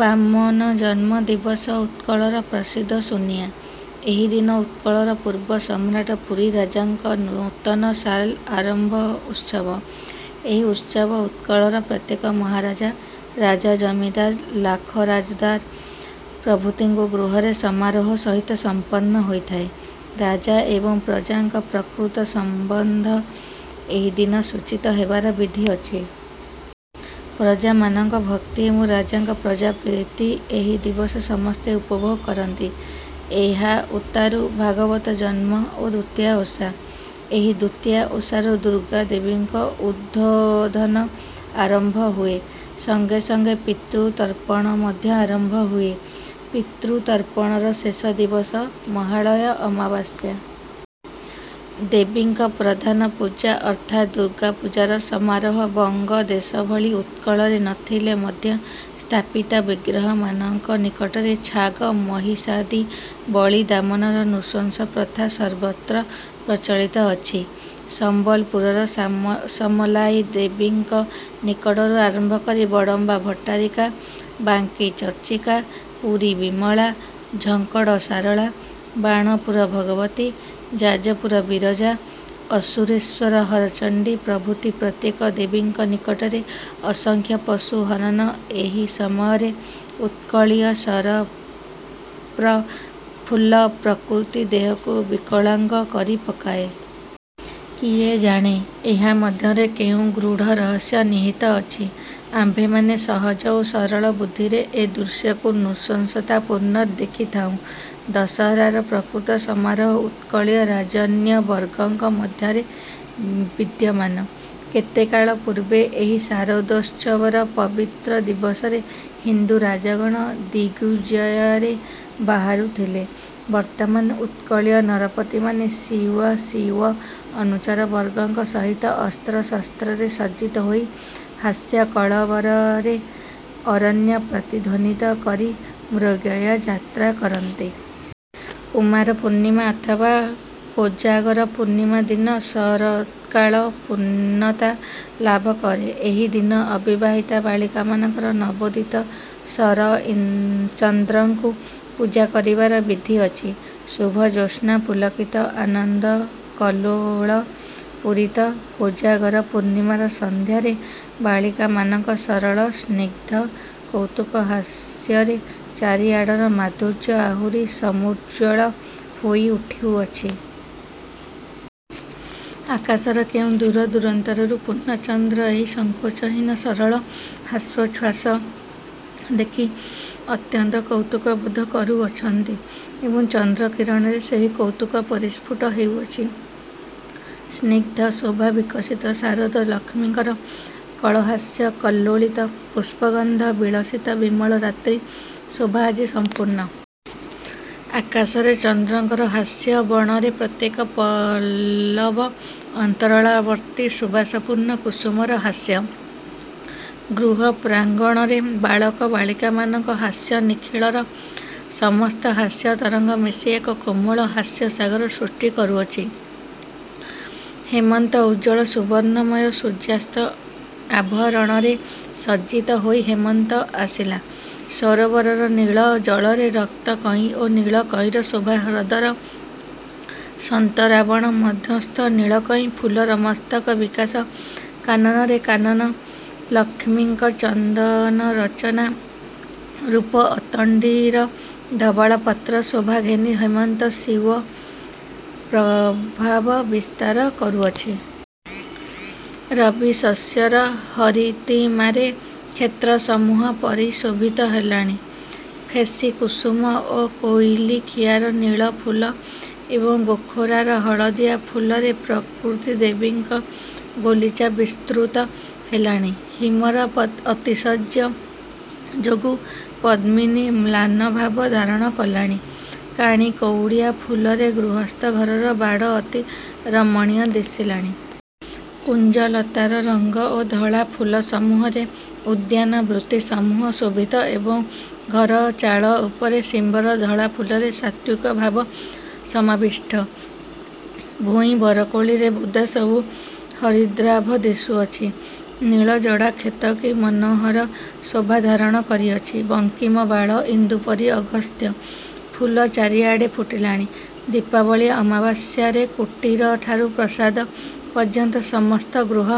ବାମନଜନ୍ମ ଦିବସ ଉତ୍କଳର ପ୍ରସିଦ୍ଧ ସୁନିଆ । ଏହି ଦିନ ଉତ୍କଳର ପୂର୍ବ ସମ୍ରାଟ୍ ପୁରୀ ରାଜାଙ୍କ ନୂତନ ସାଲ ଆରମ୍ଭର ଉତ୍ସବ। ଏହି ଉତ୍ସବ ଉତ୍କଳର ପ୍ରତ୍ୟେକ ମହାରାଜା। ରାଜା, ଜମିଦାର, ଲାଖରାଜଦାର ପ୍ରଭୃତିଙ୍କ ଗୃହରେ ସମାରୋହ ସହିତ ସମ୍ପନ୍ନ ହୋଇଥାଏ। ରାଜା ଏବଂ ପ୍ରଜାଙ୍କ ପ୍ରକୃତ ସମ୍ୱନ୍ଧ ଏହି ଦିନ ସୂଚିତ ହେବାର ବିଧି ଅଛି। ପ୍ରଜାମାନଙ୍କ ଭକ୍ତି ଏବଂ ରାଜାଙ୍କ ପ୍ରଜା ପ୍ରୀତି ଏହି ଦିବସ ସମସ୍ତେ ଉପଭୋଗ କରନ୍ତି। ଏହା ଉତ୍ତାରୁ ଭାଗବତଜନ୍ମ ଓ ଦୁତିଆ ଓଷା। ଏହି ଦୁତିଆ ଓଷାରୁ ଦୁର୍ଗାଦେବୀଙ୍କ ଉଦ୍ବୋଧନ ଆରମ୍ଭ ହୁଏ, ସଙ୍ଗେ ସଙ୍ଗେ ପିତୃତର୍ପଣ ମଧ୍ୟ ଆରମ୍ଭ ହୁଏ। ପିତୃତର୍ପଣର ଶେଷ ଦିବସ ମହାଳୟା ଅମାବାସ୍ୟା। ଦେବୀଙ୍କ ପ୍ରଧାନ ପୂଜା ଅର୍ଥାତ୍ ଦୁର୍ଗାପୂଜାର ସମାରୋହ ବଙ୍ଗଦେଶ ଭଳି ଉତ୍କଳରେ ନ ଥିଲେ ମଧ୍ୟ ସ୍ଥାପିତ ବିଗ୍ରହମାନଙ୍କ ନିକଟରେ ଛାଗ ମହିଷାଦି ବଳିଦାମନର ନୃଶଂସ ପ୍ରଥା ସର୍ବତ୍ର ପ୍ରଚଳିତ ଅଛି। ସମ୍ବଲପୁରର ସାମ ସମଲାଇ ଦେବୀଙ୍କ ନିକଟରୁ ଆରମ୍ଭ କରି, ବଡ଼ମ୍ୱା-ଭଟ୍ଟାରିକା ବାଙ୍କି-ଚର୍ଚ୍ଚିକା, ପୁରୀ-ବିମଳା, ଝଙ୍କଡ଼ ଶାରଳା, ବାଣପୁର ଭଗବତୀ, ଯାଜପୁର ବିରଜା, ଅସୁରେଶ୍ୱର ହରଚଣ୍ଡୀ ପ୍ରଭୃତି ପ୍ରତ୍ୟେକ ଦେବୀଙ୍କ ନିକଟରେ ଅସଂଖ୍ୟ ପଶୁ ହନନ ଏହି ସମୟରେ ଉତ୍କଳୀୟ ଶରତ୍ପ୍ର ଫୁଲ୍ଲ ପ୍ରକୃତି ଦେହକୁ ବିକଳାଙ୍ଗ କରି ପକାଏ। କିଏ ଜାଣେ, ଏହା ମଧ୍ୟରେ କେଉଁ ଗୃଢ଼ ରହସ୍ୟ ନିହିତ ଅଛି? ଆମ୍ଭେମାନେ ସହଜ ଓ ସରଳବୁଦ୍ଧିରେ ଏ ଦୃଶ୍ୟକୁ ନୃଶଂସତାପୂର୍ଣ୍ଣ ଦେଖିଥାଉଁ। ଦଶହରାର ପ୍ରକୃତ ସମାରୋହ ଉତ୍କଳୀୟ ରାଜନ୍ୟବର୍ଗଙ୍କ ମଧ୍ୟରେ ବିଦ୍ୟମାନ। କେତେକାଳ ପୂର୍ବେ ଏହି ଶାରଦୋତ୍ସବର ପବିତ୍ର ଦିବସରେ ହିନ୍ଦୁ ରାଜଗଣ ଦିଗ୍ବିଜୟରେ ବାହାରୁଥିଲେ, ବର୍ତ୍ତମାନ ଉତ୍କଳୀୟ ନରପତିମାନେ ସ୍ୱୀୟ ସ୍ୱୀୟ ଅନୁଚରବର୍ଗଙ୍କ ସହିତ ଅସ୍ତ୍ରଶସ୍ତ୍ରରେ ସଜ୍ଜିତ ହୋଇ ହାସ୍ୟକଳରବରେ ଅରଣ୍ୟ ପ୍ରତିଧ୍ୱନିତ କରି ମୃଗୟାଯାତ୍ରା କରନ୍ତି। କୁମାରପୂର୍ଣ୍ଣିମା ଅଥବା କୋଜାଗର ପୂର୍ଣ୍ଣିମା ଦିନ ଶରତ୍କାଳ ପୂର୍ଣ୍ଣତା ଲାଭ କରେ। ଏହି ଦିନ ଅବିବାହିତା ବାଳିକାମାନଙ୍କର ନବୋଦିତ ଶରଚ୍ଚନ୍ଦ୍ରଙ୍କୁ ପୂଜା କରିବାର ବିଧି ଅଛି। ଶୁଭ-ଜ୍ୟେତ୍ସ୍ନା-ପୁଲକିତ, ଆନନ୍ଦକଲ୍ଲୋଳ ପୂରିତ କୋଜାଗର ପୂର୍ଣ୍ଣିମାର ସନ୍ଧ୍ୟାରେ ବାଳିକାମାନଙ୍କ ସରଳ, ସ୍ନିଗ୍ଧ କୌତୁକ ହାସ୍ୟରେ ଚାରି ଆଡ଼ର ମାଧୁର୍ଯ୍ୟ ଆହୁରି ସମୁଜ୍ଜ୍ୱଳ ହୋଇ ଉଠୁଅଛି! ଆକାଶର କେଉଁ ଦୂର ଦୂରାନ୍ତରରୁ ପୂର୍ଣ୍ଣଚନ୍ଦ୍ର ଏହି ସଙ୍କୋଚହୀନ ସରଳ ହାସ୍ୟୋଚ୍ଛ୍ୱାସ ଦେଖି ଅତ୍ୟନ୍ତ କୌତୁକ ବୋଧ କରୁଅଛନ୍ତି ଏବଂ ଚନ୍ଦ୍ରକିରଣରେ ସେହି କୌତୁକ ପରିସ୍ଫୁଟ ହେଉଅଛି। ସ୍ନିଗ୍ଧ ଶୋଭାବିକସିତ ଶାରଦ ଲକ୍ଷ୍ମୀଙ୍କର କଳହାସ୍ୟ କଲ୍ଲୋଳିତ ପୁଷ୍ପଗନ୍ଧ ବିଳସିତ ବିମଳ ରାତ୍ରି ଶୋଭା ଆଜି ସମ୍ପୂର୍ଣ୍ଣ। ଆକାଶରେ ଚନ୍ଦ୍ରଙ୍କର ହାସ୍ୟ, ବଣରେ ପ୍ରତ୍ୟେକ ପଲ୍ଲବ ଅନ୍ତରାଳବର୍ତ୍ତୀ ସୁବାସପୂର୍ଣ୍ଣ କୁସୁମର ହାସ୍ୟ, ଗୃହପ୍ରାଙ୍ଗଣରେ ବାଳକ ବାଳିକାମାନଙ୍କ ହାସ୍ୟ ନିଖିଳର ସମସ୍ତ ହାସ୍ୟତରଙ୍ଗ ମିଶି ଏକ କୋମଳ ହାସ୍ୟସାଗର ସୃଷ୍ଟି କରୁଅଛି! ହେମନ୍ତ ଉଜ୍ଜ୍ୱଳ ସୁବର୍ଣ୍ଣମୟ ସୂର୍ଯ୍ୟାସ୍ତ ଆଭରଣରେ ସଜ୍ଜିତ ହୋଇ ହେମନ୍ତ ଆସିଲା। ସରୋବରର ନୀଳ ଜଳରେ ରକ୍ତକଇଁ ଓ ନୀଳକଇଁର ଶୋଭା ହ୍ରଦର ସନ୍ତରାବଣ ମଧ୍ୟସ୍ଥ ନୀଳକଇଁ ଫୁଲର ମସ୍ତକ ବିକାଶ, କାନନରେ କାନନ ଲକ୍ଷ୍ମୀଙ୍କ ଚନ୍ଦନରଚନା ରୂପ ଅତଣ୍ଡୀର ଧବଳ ପତ୍ର ଶୋଭା ଘେନି ହେମନ୍ତ ସ୍ୱୀୟ ପ୍ରଭାବ ବିସ୍ତାର କରୁଅଛି। ରବି ଶସ୍ୟର ହରିତିମାରେ କ୍ଷେତ୍ରସମୂହ ପରିଶୋଭିତ ହେଲାଣି। ଫେସି କୁସୁମ ଓ କୋଇଲିଖିଆର ନୀଳ ଫୁଲ ଏବଂ ଗୋଖରାର ହଳଦିଆ ଫୁଲରେ ପ୍ରକୃତିଦେବୀଙ୍କ ଗାଲିଚା ବିସ୍ତୃତ ହେଲାଣି। ହିମର ଅତିଶଯ୍ୟ ଯୋଗୁଁ ପଦ୍ମିନୀ ମ୍ଳାନଭାବ ଧାରଣ କଲାଣି। କାଣିକଉଡ଼ିଆ ଫୁଲରେ ଗୃହସ୍ଥ ଘରର ବାଡ଼ ଅତି ରମଣୀୟ ଦିଶିଲାଣି। କୁଞ୍ଜଲତାର ରଙ୍ଗ ଓ ଧଳା ଫୁଲସମୂହରେ ଉଦ୍ୟାନ ବୃତିସମୂହ ଶୋଭିତ ଏବଂ ଘର ଚାଳ ଉପରେ ଶିମ୍ୱର ଧଳାଫୁଲରେ ସାତ୍ତ୍ୱିକଭାବ ସମାବିଷ୍ଟ। ଭୂଇଁ ବରକୋଳିରେ ବୁଦା ସବୁ ହରିଦ୍ରାଭ ଦିଶୁଅଛି। ନୀଳ ଜଡ଼ା କ୍ଷେତ କି ମନୋହର ଶୋଭା ଧାରଣ କରିଅଛି! ବଙ୍କିମ ବାଳ ଇନ୍ଦୁ ପରି ଅଗସ୍ତ୍ୟ ଫୁଲ ଚାରି ଆଡ଼େ ଫୁଟିଲାଣି। ଦୀପାବଳୀ ଆମାବାସ୍ୟରେ କୁଟୀରଠାରୁ ପ୍ରାସାଦ ପର୍ଯ୍ୟନ୍ତ ସମସ୍ତ ଗୃହ